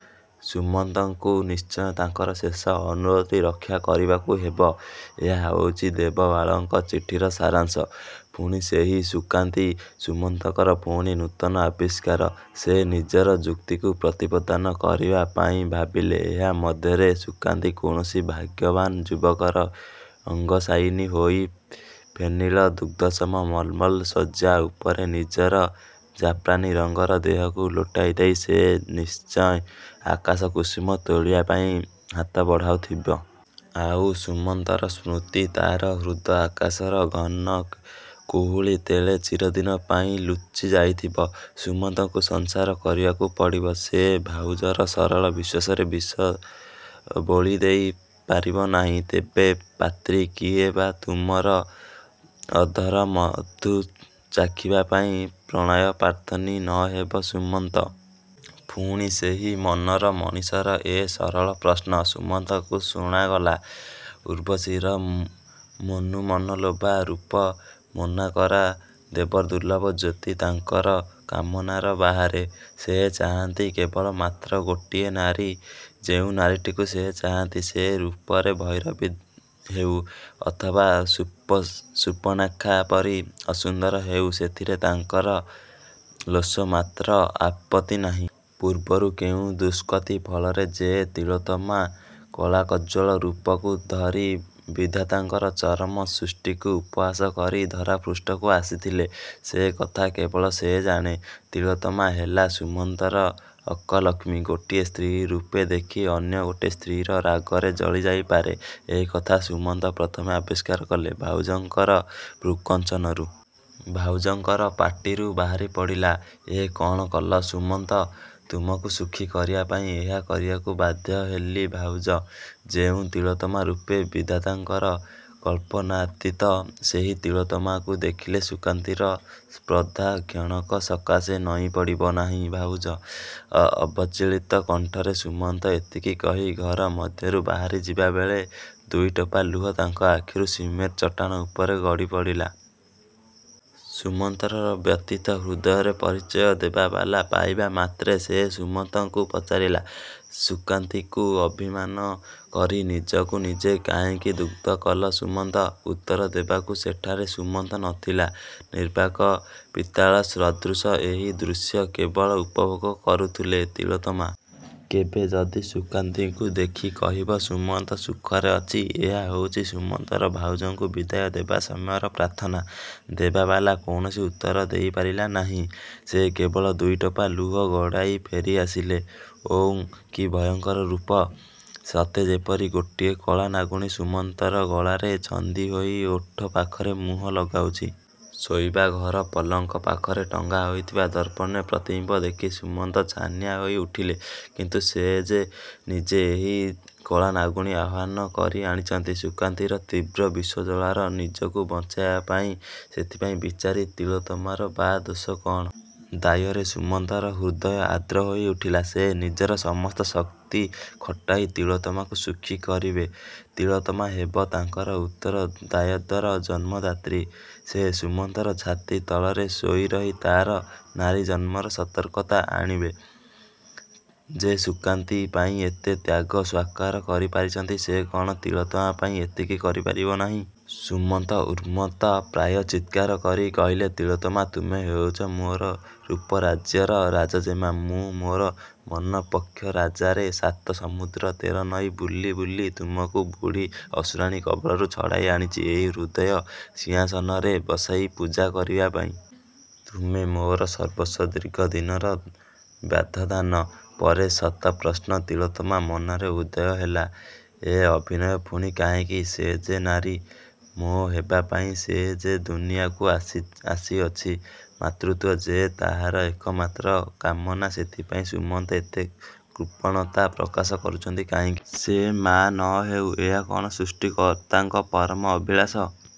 ସୁମନ୍ତଙ୍କୁ ନିଶ୍ଚୟ ତାଙ୍କର ଶେଷ ଅନୁରୋଧଟି ରକ୍ଷା କରିବାକୁ ହେବ। ଏହା ହେଉଛି ଦେବବାଳାଙ୍କ ଚିଠିର ସାରାଂଶ। ପୁଣି ସେହି ସୁକାନ୍ତୀ? ସୁମନ୍ତଙ୍କର ପୁଣି ନୂତନ ଆବିଷ୍କାର। ସେ ନିଜର ଯୁକ୍ତିକୁ ପ୍ରତିପାଦିତ କରିବା ପାଇଁ ଭାବିଲେ ଏହା ମଧ୍ୟରେ ସୁକାନ୍ତୀ କୌଣସି ଭାଗ୍ୟବାନ ଯୁବକର ଅଙ୍ଗଶାୟିନୀ ହୋଇ ଫେନିଳ ଦୁଗ୍ଧସମ ମଲମଲ ଶଯ୍ୟା ଉପରେ ନିଜର ଜାଫ୍ରାନୀ ରଙ୍ଗର ଦେହକୁ ଲୋଟାଇ ଦେଇ ସେ ନିଶ୍ଚୟ ଆକାଶ କୁସୁମ ତୋଳିବା ପାଇଁ ହାତ ବଢ଼ାଉଥିବ। ଆଉ ସୁମନ୍ତର ସ୍ମୃତି ତା'ର ହୃଦ ଆକାଶର ଘନ କୁହେଳି ତଳେ ଚିରଦିନ ପାଇଁ ଲୁଚିଯାଇଥିବ। ସୁମନ୍ତକୁ ସଂସାର କରିବାକୁ ପଡ଼ିବ। ସେ ଭାଉଜର ସରଳ ବିଶ୍ୱାସରେ ବିଷ ବୋଳିଦେଇ ପାରିବେ ନାହିଁ। ତେବେ ପାତ୍ରୀ କିଏ ବା ତୁମର ଅଧରମଧୁ ଚାଖିବା ପାଇଁ ପ୍ରଣୟପ୍ରାର୍ଥିନୀ ନ ହେବ ସୁମନ୍ତ? ପୁଣି ସେହି ମନର ମଣିଷର ଏ ସରଳ ପ୍ରଶ୍ନ ସୁମନ୍ତଙ୍କୁ ଶୁଣାଗଲା। ଉର୍ବଶୀର ମୁନିମନଲୋଭା ରୂପ, ମେନକାର ଦେବଦୁର୍ଲ୍ଲଭ ଜ୍ୟୋତି ତାଙ୍କର କାମନାର ବାହାରେ। ସେ ଚାହାଁନ୍ତି କେବଳମାତ୍ର ଗୋଟିଏ ନାରୀ। ଯେଉଁ ନାରୀଟିକୁ ସେ ଚାହାଁନ୍ତି, ସେ ରୂପରେ ଭୈରବୀ ହେଉ ଅଥବା ସୂର୍ପଣଖା ପରି ଅସୁନ୍ଦରୀ ହେଉ ସେଥିରେ ତାଙ୍କର ଲେଶମାତ୍ର ଆପତ୍ତି ନାହିଁ। ପୂର୍ବର କେଉଁ ଦୁଷ୍କୃତି ଫଳରେ ଯେ ତିଳୋତ୍ତମା କଳାକଜ୍ୱଳ ରୂପକୁ ଧରି ବିଧାତାଙ୍କର ଚରମ ସୃଷ୍ଟିକୁ ଉପହାସ କରି ଧରାପୃଷ୍ଠକୁ ଆସିଥିଲା, ସେ କଥା କେବଳ ସେ ଜାଣେ। ତିଳୋତ୍ତମା ହେଲା ସୁମନ୍ତର ଅଙ୍କଲକ୍ଷ୍ମୀ। ଗୋଟିଏ ସ୍ତ୍ରୀର ରୂପ ଦେଖି ଅନ୍ୟ ଗୋଟିଏ ସ୍ତ୍ରୀ ଯେ ରାଗରେ ଜଳିଯାଇପାରେ ଏହି କଥା ସୁମନ୍ତ ପ୍ରଥମେ ଆବିଷ୍କାର କଲେ ଭାଉଜଙ୍କର ଭ୍ରୂକୁଞ୍ଚନରୁ। ଭାଉଜଙ୍କର ପାଟିରୁ ବାହାରିପଡ଼ିଲା ''ଏ କ'ଣ କଲ ସୁମନ୍ତ? '' ''ତୁମକୁ ସୁଖୀ କରିବାକୁ ଏହା କରିବାକୁ ବାଧ୍ୟ ହେଲି ଭାଉଜ। ଯେଉଁ ତିଳୋତ୍ତମାର ରୂପ ବିଧାତାଙ୍କର କଳ୍ପନାତୀତ, ସେହି ତିଳୋତ୍ତମାକୁ। ଦେଖିଲେ ସୁକାନ୍ତୀର ସ୍ପର୍ଦ୍ଧା କ୍ଷଣକ ସକାଶେ ନଇଁପଡ଼ିବ ନାହିଁ ଭାଉଜ? '' ଅବିଚଳିତ କଣ୍ଠରେ ସୁମନ୍ତ ଏତିକି କହି ଘର ମଧ୍ୟରୁ ବାହାରି ଯିବାବେଳେ ଦୁଇଟୋପା ଲୁହ ତାଙ୍କ ଆଖିରୁ ସିମେଣ୍ଟ ଚଟାଣ ଉପରେ ଗଡ଼ିପଡ଼ିଲା। ସୁମନ୍ତର ବ୍ୟଥିତ ହୃଦୟର ପରିଚୟ ଦେବବାଳା ପାଇବା ମାତ୍ରେ ସେ ସୁମନ୍ତଙ୍କୁ ପଚାରିଲେ, ''ସୁକାନ୍ତୀକୁ ଅଭିମାନ କରି ନିଜକୁ ନିଜେ କାହିଁକି ଦଗ୍ଧ କଲ ସୁମନ୍ତ? '' ଉତ୍ତର ଦେବାକୁ ସେଠାରେ ସୁମନ୍ତ ନ ଥିଲେ। ନିର୍ବାକ୍ ପିତୁଳାସଦୃଶ ଏହି ଦୃଶ୍ୟ କେବଳ ଉପଭୋଗ କରୁଥିଲା ତିଳୋତ୍ତମା। ''କେବେ ଯଦି ସୁକାନ୍ତୀକୁ ଦେଖ, କହିବ ସୁମନ୍ତ ସୁଖରେ ଅଛି। '' ଏହା ହେଉଛି ସୁମନ୍ତର ଭାଉଜଙ୍କୁ ବିଦାୟ ଦେବା ସମୟରେ ପ୍ରାର୍ଥନା। ଦେବବାଳା କୌଣସି ଉତ୍ତର ଦେଇପାରିଲେ ନାହିଁ। ସେ କେବଳ ଦୁଇଟୋପା ଲୁହ ଗଡ଼ାଇ ଫେରିଆସିଲେ। ଓଃ, କି ଭୟଙ୍କର ରୂପ? ସତେଯେପରି ଗୋଟାଏ କାଳନାଗୁଣୀ ସୁମନ୍ତର ଗଳାରେ ଛନ୍ଦିହୋଇ ଓଠ ପାଖରେ ମୁହଁ ଲଗାଉଛି। ଶୋଇବା ଘର ପଲଙ୍କ ପାଖରେ ଟଙ୍ଗା ହୋଇଥିବା ଦର୍ପଣରେ ପ୍ରତିବିମ୍ବ ଦେଖି ସୁମନ୍ତ ଛାନିଆ ହୋଇଉଠିଲେ। କିନ୍ତୁ ସେ ଯେ ନିଜେ ଏହି କାଳନାଗୁଣୀକୁ ଆହ୍ୱାନ କରି ଆଣିଛନ୍ତି ସୁକାନ୍ତୀର ତୀବ୍ର ବିଷଜ୍ୱାଳାରୁ ନିଜକୁ ବଞ୍ଚାଇବା ପାଇଁ। ସେଥିପାଇଁ ବିଚାରୀ ତିଳୋତ୍ତମାର ବା ଦୋଷ କ'ଣ? ଦୟାରେ ସୁମନ୍ତର ହୃଦୟ ଆର୍ଦ୍ର ହୋଇଉଠିଲା। ସେ ନିଜର ସମସ୍ତ ଶକ୍ତି ଖଟାଇ ତିଳୋତ୍ତମାକୁ ସୁଖୀ କରିବେ। ତିଳୋତ୍ତମା ହେବ ତାଙ୍କର ଉତ୍ତର ଦାୟାଦର ଜନ୍ମଦାତ୍ରୀ। ସେ ସୁମନ୍ତର ଛାତି ତଳରେ ଶୋଇରହି ତା'ର ନାରୀଜନ୍ମର ସାର୍ଥକତା ଆଣିବ। ଯେ ସୁକାନ୍ତୀ ପାଇଁ ଏତେ ତ୍ୟାଗ ସ୍ଵୀକାର କରିପାରିଛନ୍ତି, ସେ କ'ଣ ତିଳୋତ୍ତମା ପାଇଁ ଏତିକି କରିପାରିବେ ନାହିଁ? ସୁମନ୍ତ ଉନ୍ମତ୍ତ ପ୍ରାୟ ଚିତ୍କାର କରି କହିଲେ, ''ତିଳୋତ୍ତମା! ତୁମେ ହେଉଛ ମୋର ରୂପରାଜ୍ୟର ରାଜଜେମା। ମୁଁ ମୋର ମନ ପକ୍ଷିରାଜରେ ସାତ ସମୁଦ୍ର ତେର ନଈ ବୁଲି ବୁଲି ତୁମକୁ ବୁଢ଼ୀ ଅସୁରୁଣୀର କବଳରୁ ଛଡ଼ାଇ ଆଣିଛି ଏହି ହୃଦୟ ସିଂହାସନରେ ବସାଇ ପୂଜା କରିବା ପାଇଁ। ତୁମେ ମୋର ସର୍ବସ୍ୱ। '' ଦୀର୍ଘଦିନର ବ୍ୟବଧାନ ପରେ ଶତପ୍ରଶ୍ନ ତିଳୋତ୍ତମାର ମନରେ ଉଦୟ ହେଲା। ଏ ଅଭିନୟ ପୁଣି କାହିଁକି? ସେ ଯେ ନାରୀ। ମା' ହେବାପାଇଁ ସେ ଯେ ଦୁନିଆକୁ ଆସିଅଛି। ମାତୃତ୍ଵ ଯେ ତାହାର ଏକମାତ୍ର କାମନା। ସେଥିପାଇଁ ସୁମନ୍ତ ଏତେ କୃପଣତା ପ୍ରକାଶ କରୁଛନ୍ତି କାହିଁକି? ସେ ମା' ନ ହେଉ ଏହା କ'ଣ ସୃଷ୍ଟିକର୍ତ୍ତାଙ୍କ ପରମ ଅଭିଳାଷ?